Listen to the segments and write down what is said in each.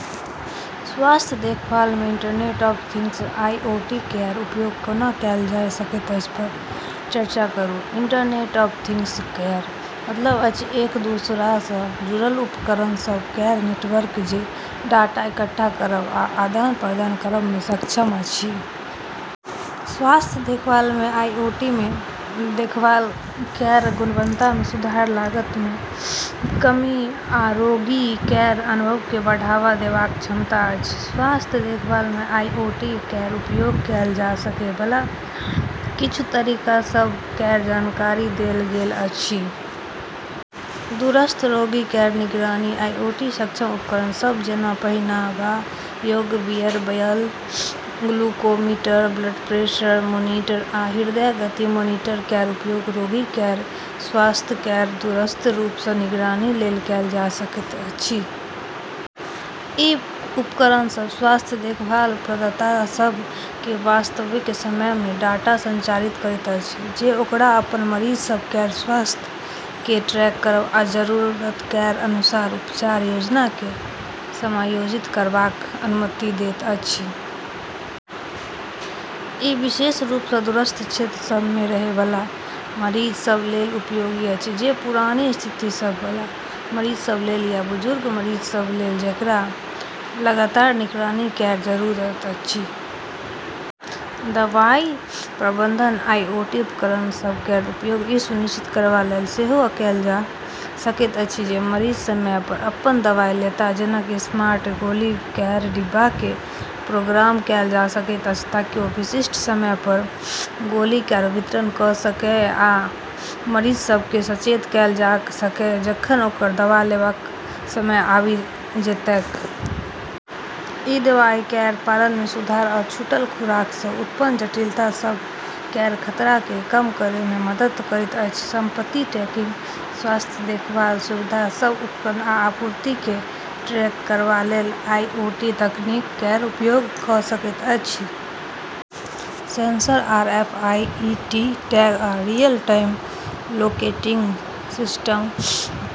स्वास्थ्य देखभाल मे इंटरनेट ऑफ थिंग्स आईओटी केर उपयोग कोना कएल जा सकैत अछि पर चर्चा करू। इंटरनेट ऑफ थिंग्स केर मतलब अछि एक दोसरा सँ जुड़ल उपकरण सभ केर नेटवर्क जे डाटा इकट्ठा करब आ आदान प्रदान करब मे सक्षम अछि। स्वास्थ्य देखभाल मे आईओटी मे देखभाल केर गुणवत्ता मे सुधार लागत मे कमी आ रोगी केर अनुभव केँ बढ़ावा देबाक क्षमता अछि। स्वास्थ्य देखभाल मे आईओटी केर उपयोग कएल जा सकै बला किछु तरीका सभ केर जानकारी देल गेल अछि। दूरस्थ रोगी केर निगरानी आईओटी सक्षम उपकरण सभ जेना पहिनबा योग्य wearable glucometer blood pressure monitor आ हृदय गति मॉनिटर केर उपयोग रोगी केर स्वास्थ्य केर दूरस्थ रूप सँ निगरानी लेल कएल जा सकैत अछि। ई उपकरण सभ स्वास्थ्य देखभाल प्रदाता सभ केँ वास्तविक समय मे डाटा संचारित करैत अछि जे ओकरा अपन मरीज सभ केर स्वास्थ्य केँ ट्रैक करब आ जरूरत केर अनुसार उपचार योजना केँ समायोजित करबाक अनुमति दैत अछि। ई विशेष रूप सँ दूरस्थ क्षेत्र सभ मे रहै बला मरीज सभ लेल उपयोगी अछि जे पुरानी स्थिति सभ बला मरीज सभ लेल या बुजुर्ग मरीज सभ लेल जेकरा लगातार निगरानी केर जरूरत अछि। दवाई प्रबंधन आईओटी उपकरण सभ केर उपयोग ई सुनिश्चित करबा लेल सेहो कएल जा सकैत अछि जे मरीज समय पर अपन दवाई लेताह। जेना कि स्मार्ट गोली केर डिब्बा केँ प्रोग्राम कएल जा सकैत अछि ताकि ओ विशिष्ट समय पर गोली केर वितरण कऽ सकय आ मरीज सभ केँ सचेत कएल जा सकय जखन ओकर दवाई लेबाक समय आबि जेतैक। ई दवाई केर पालन मे सुधार आ छूटल खुराक सँ उत्पन्न जटिलता सभ केर खतरा केँ कम करै मे मदद करैत अछि। संपत्ति ट्रैकिंग स्वास्थ्य देखभाल सुविधा सभ उपकरण आ आपूर्ति केँ ट्रैक करबा लेल आईओटी तकनीक केर उपयोग कऽ सकैत अछि। सेंसर आरएफआईडी टैग आ रियल टाइम लोकेटिंग सिस्टम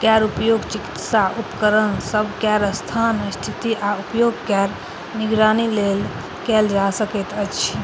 केर उपयोग चिकित्सा उपकरण सभ केर स्थान स्थिति आ उपयोग केर निगरानी लेल कएल जा सकैत अछि।